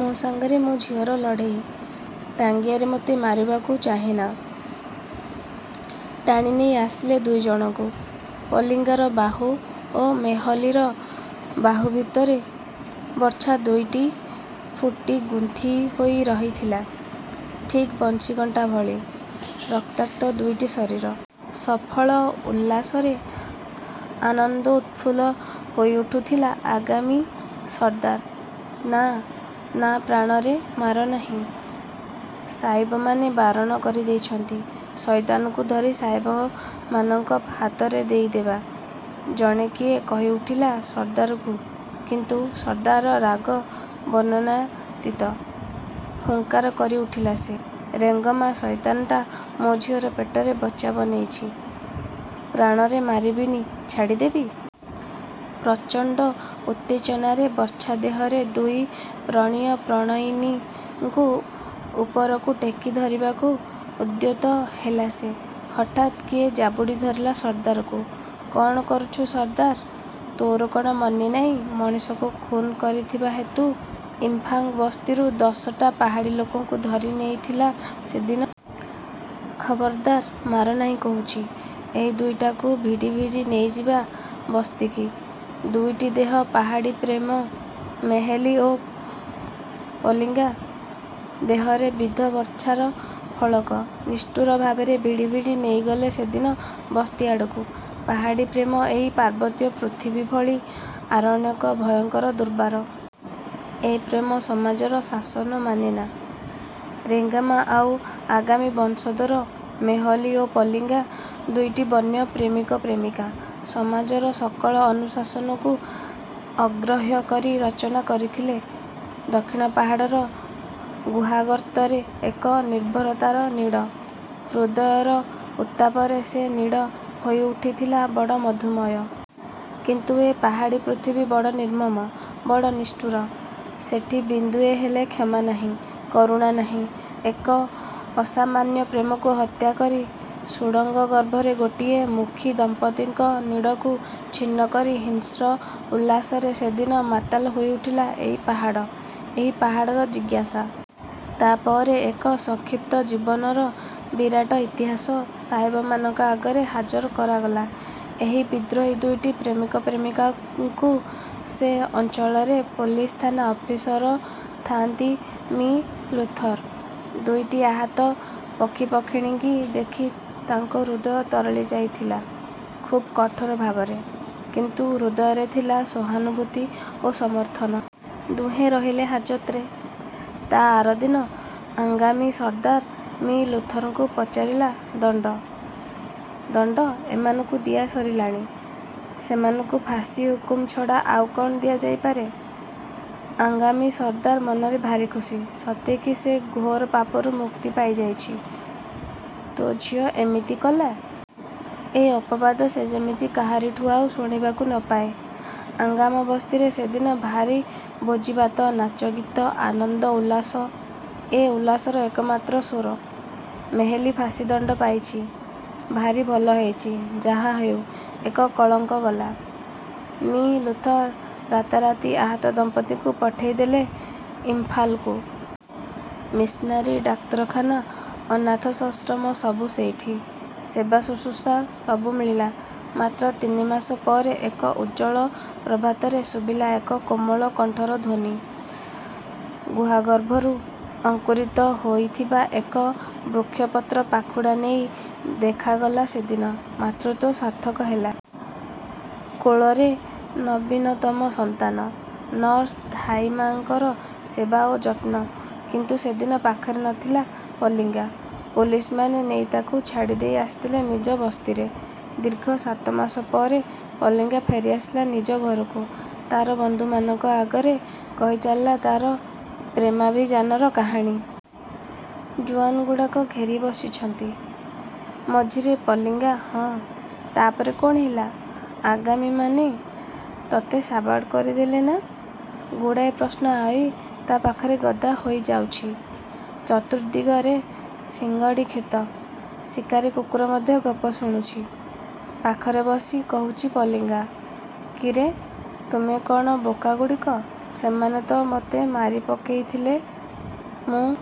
''ମୋ ସାଂଗରେ ମୋ ଝିଅର ଲଢ଼େଇ! ଟାଂଗିଆରେ ମତେ ମାରିବାକୁ ଚାହେଁ ନା! '' ଟାଣିନେଇ ଆସିଲେ ଦୁଇ ଜଣଙ୍କୁ। ପଲିଂଗାର ବାହୁ ଓ ମେହଲୀର ବାହୁ ଭିତରେ ବର୍ଚ୍ଛା ଦୁଇଟା ଫୁଟି ଗୁନ୍ଥି ହୋଇରହିଥିଲା? ଠିକ୍ ବନ୍ଶୀ କଣ୍ଟା ଭଳି। ରକ୍ତାକ୍ତ ଦୁଇଟି ଶରୀର। ସଫଳ ଉଲ୍ଲାସରେ ଆନନ୍ଦୋତ୍ଫୁଲ୍ଲ ହୋଇଉଠୁଥିଲା ଆଂଗାମୀ ସର୍ଦ୍ଦାର। ''ନା, ନା ପ୍ରାଣରେ ମାରନାହିଁ–ସାଇବମାନେ ବାରଣ କରିଦେଇଚନ୍ତି। ଶଇଦାନକୁ ଧରି ସାହେବମାନଙ୍କ ହାତରେ ଦେଇ ଦେବା। '' ଜଣେ କିଏ କହିଉଠିଲା ସର୍ଦ୍ଦାରକୁ। କିନ୍ତୁ ସର୍ଦ୍ଦାରର ରାଗ ବର୍ଣ୍ଣନାତୀତ। ହୁଙ୍କାର କରିଉଠିଲା ସେ। ''ରେଂଗମା ଶଇତାନଟା ମୋ ଝିଅର ପେଟରେ ବଚ୍ଚା ବନେଇଚି–ପ୍ରାଣରେ ମାରିବିନି ଛାଡ଼ିଦେବି? '' ପ୍ରଚଣ୍ଡ ଉତ୍ତେଜନାରେ ବର୍ଚ୍ଛା ଦେହରେ ଦୁଇ ପ୍ରାଣୀୟ ପ୍ରଣୟିନୀଙ୍କୁ ଉପରକୁ ଟେକି ଧରିବାକୁ ଉଦ୍ୟତ ହେଲା ସେ। ହଠାତ୍ କିଏ ଜାବୁଡ଼ି ଧରିଲା ସର୍ଦ୍ଦାରକୁ। କ'ଣ କରୁଚୁ ସର୍ଦ୍ଦାର! ତୋର କ'ଣ ମନେ ନାଇଁ ମଣିଷକୁ ଖୁନ୍ କରିଥିବା ହେତୁ ଇମ୍ଫାଗ୍ ବସ୍ତିରୁ ଦଶଟା ପାହାଡ଼ୀ ଲୋକଙ୍କୁ ଧରି ନେଇଥିଲା ସେଦିନ। ଖବର୍ଦାର, ମାରନାହିଁ କହୁଚି! ଏ ଦୁଇଟାକୁ ଭିଡ଼ି ଭିଡ଼ି ନେଇଯିବା ବସ୍ତକି! ଦୁଇଟି ଦେହ, ପାହାଡ଼ୀ ପ୍ରେମ–ମେହେଲୀ ଓ ପଲିଂଗା। ଦେହରେ ବିଦ୍ଧ ବର୍ଚ୍ଛାର ଫଳକ। ନିଷ୍ଠୁର ଭାବରେ ଭିଡ଼ି ଭିଡ଼ି ନେଇଗଲେ ସେଦିନ ବସ୍ତି ଆଡ଼କୁ। ପାହାଡ଼ୀ ପ୍ରେମ ଏହି ପାର୍ବତ୍ୟ ପୃଥିବୀ ଭଳି ଆରଣ୍ୟକ, ଭୟଙ୍କର, ଦୁର୍ବାର। ଏ ପ୍ରେମ ସମାଜର ଶାସନ ମାନେନା। ରେଂଗାମା ଆଉ ଆଂଗାମୀ ବଂଶଧର ମେହଲୀ ଓ ପଲିଂଗା। ଦୁଇଟି ବନ୍ୟ ପ୍ରେମିକ ପ୍ରେମିକା। ସମାଜର ସକଳ ଅନୁଶାସନକୁ ଅଗ୍ରହ୍ୟ କରି ରଚନା କରିଥିଲେ ଦକ୍ଷିଣ ପାହାଡ଼ର ଗୁହାଗର୍ତ୍ତରେ ଏକ ନିର୍ଭରତାର ନୀଡ଼। ହୃଦୟର ଉତ୍ତାପରେ ସେ ନୀଡ଼ ହୋଇଉଠିଥିଲା ବଡ଼ ମଧୁମୟ। କିନ୍ତୁ ଏ ପାହାଡ଼ୀ ପୃଥିବୀ ବଡ଼ ନିର୍ମମ ବଡ଼ ନିଷ୍ଠୁର। ସେଠି ବିନ୍ଦୁଏ ହେଲେ କ୍ଷମା ନାହିଁ, କରୁଣା ନାହିଁ। ଏକ ଅସାମାନ୍ୟ ପ୍ରେମକୁ ହତ୍ୟାକରି ସୁଡ଼ଙ୍ଗଗର୍ଭର ଗୋଟିଏ ମୁଖୀ ଦମ୍ପତିଙ୍କ ନୀଡ଼କୁ ଛିନ୍ନ କରି ହିଂସ୍ର ଉଲ୍ଲାସରେ ସେଦିନ ମାତାଲ ହୋଇଉଠିଲା ଏହି ପାହାଡ଼, ଏହି ପାହାଡ଼ର ଜିଘାଂସା। ତା'ପରେ ଏକ ସଂକ୍ଷିପ୍ତ ଜୀବନର ବିରାଟ ଇତିହାସ। ସାହେବମାନଙ୍କ ଆଗରେ ହାଜର କରାଗଲା ଏହି ବିଦ୍ରୋହୀ ଦୁଇଟି ପ୍ରେମିକ-ପ୍ରେମିକାଙ୍କୁ। ସେ ଅଞ୍ଚଳରେ ପୋଲିସଥାନା ଅଫିସର ଥାଆନ୍ତି ମିଃ ଲୁଥର। ଦୁଇଟି ଆହତ ପକ୍ଷୀପକ୍ଷିଣୀଙ୍କି ଦେଖି ତାଙ୍କ ହୃଦୟ ତରଳି ଯାଇଥିଲା ଖୁବ୍ କଠୋର ଭାବରେ। କିନ୍ତୁ ହୃଦୟରେ ଥିଲା ସହାନୁଭୂତି ଓ ସମର୍ଥନ। ଦୁହେଁ ରହିଲେ ହାଜତରେ। ତା ଆରଦିନ ଆଙ୍ଗାମୀ ସର୍ଦ୍ଦାର ମିଃ ଲୁଥରଙ୍କୁ ପଚାରିଲା–ଦଣ୍ଡ? –ଦଣ୍ଡ ଏମାନଙ୍କୁ ଦିଆସରିଲାଣି। ସେମାନଙ୍କୁ ଫାଶି ହୁକୁମ ଛଡ଼ା ଆଉ କ'ଣ ଦିଆଯାଇପାରେ? ଆଙ୍ଗାମୀ ସର୍ଦ୍ଦାର ମନରେ ଭାରି ଖୁସି। ସତେ କି ସେ ଘୋର ପାପରୁ ମୁକ୍ତି ପାଇଯାଇଛି। ''ତୋ ଝିଅ ଇମିତି କଲା? '' –ଏ ଅପବାଦ ସେ ଯେମିତି କାହାରିଠୁ ଆଉ ଶୁଣିବାକୁ ନ ପାଏ। ଆଙ୍ଗାମା ବସ୍ତିରେ ସେଦିନ ଭାରି ଭୋଜିଭାତ, ନାଚ ଗୀତ, ଆନନ୍ଦ ଉଲ୍ଲାସ–ଏ ଉଲ୍ଲାସର ଏକମାତ୍ର ସ୍ୱର–''ମେହେଲୀ ଫାଶି ଦଣ୍ଡ ପାଇଛି, ଭାରିଭଲ ହୋଇଛି–ଯାହାହେଉ ଏକ କଳଙ୍କ ଗଲା। '' ମିଃ ଲୁଥର ରାତାରାତି ଆହତ ଦମ୍ପତିଙ୍କୁ ପଠେଇଦେଲେ ଇମ୍ଫାଲକୁ। ମିଶନାରୀ ଡାକ୍ତରଖାନା, ଅନାଥଶଶ୍ରମ ସବୁ ସେଇଠି। ସେବା ଶୁଶ୍ରୁଷା ସବୁ ମିଳିଲା। ମାତ୍ର ତିନି ମାସ ପରେ ଏକ ଉଜ୍ଜ୍ୱଳ ପ୍ରଭାତରେ ଶୁଭିଲା ଏକ କୋମଳ କଣ୍ଠର ଧ୍ୱନି। ଗୁହାଗର୍ଭରୁ ଅଙ୍କୁରିତ ହୋଇଥିବା ଏକ ବୃକ୍ଷପତ୍ର ପାଖୁଡ଼ା ନେଇ ଦେଖାଗଲା ସେଦିନ। ମାତୃତ୍ୱ ସାର୍ଥକ ହେଲା। କୋଳରେ ନବୀନତମ ସନ୍ତାନ। ନର୍ସ, ଧାଇମାଙ୍କର ସେବା ଓ ଯତ୍ନ। କିନ୍ତୁ ସେଦିନ ପାଖରେ ନଥିଲା ପଲିଙ୍ଗା-। ପୋଲିସମାନେ ନେଇ ତାକୁ ଛାଡ଼ିଦେଇ ଆସିଥିଲେ ନିଜ ବସ୍ତିରେ। ଦୀର୍ଘ ସାତମାସ ପରେ ପଲିଙ୍ଗା ଫେରିଆସିଲା ନିଜ ଘରକୁ। ତାର ବନ୍ଧୁମାନଙ୍କ ଆଗରେ କହିଚାଲିଲା ତାର ପ୍ରେମାଭିଯାନର କାହାଣୀ। ଜୁଆନଗୁଡ଼ାକ ଘେରି ବସିଛନ୍ତି, ମଝିରେ ପଲିଙ୍ଗା–ହଁ, ତାପରେ କ'ଣ ହେଲା? ଆଂଗାମୀମାନେ ତତେ ସାବାଡ଼ କରିଦେଲେ ନା? ଗୁଡ଼ାଏ ପ୍ରଶ୍ନ ଆଇ ତା ପାଖରେ ଗଦା ହୋଇଯାଉଛି। ଚତୁର୍ଦ୍ଦିଗରେ ସିଂଗଡ଼ି କ୍ଷେତ। ଶିକାରୀ କୁକୁର ମଧ୍ୟ ଗପ ଶୁଣୁଚି ପାଖରେ ବସି। କହୁଚି ପଲିଂଗା–କିରେ, ତୁମେ କ'ଣ ବୋକାଗୁଡିକ? ସେମାନେ ତ ମତେ ମାରି ପକାଇଥିଲେ, ମୁଁ।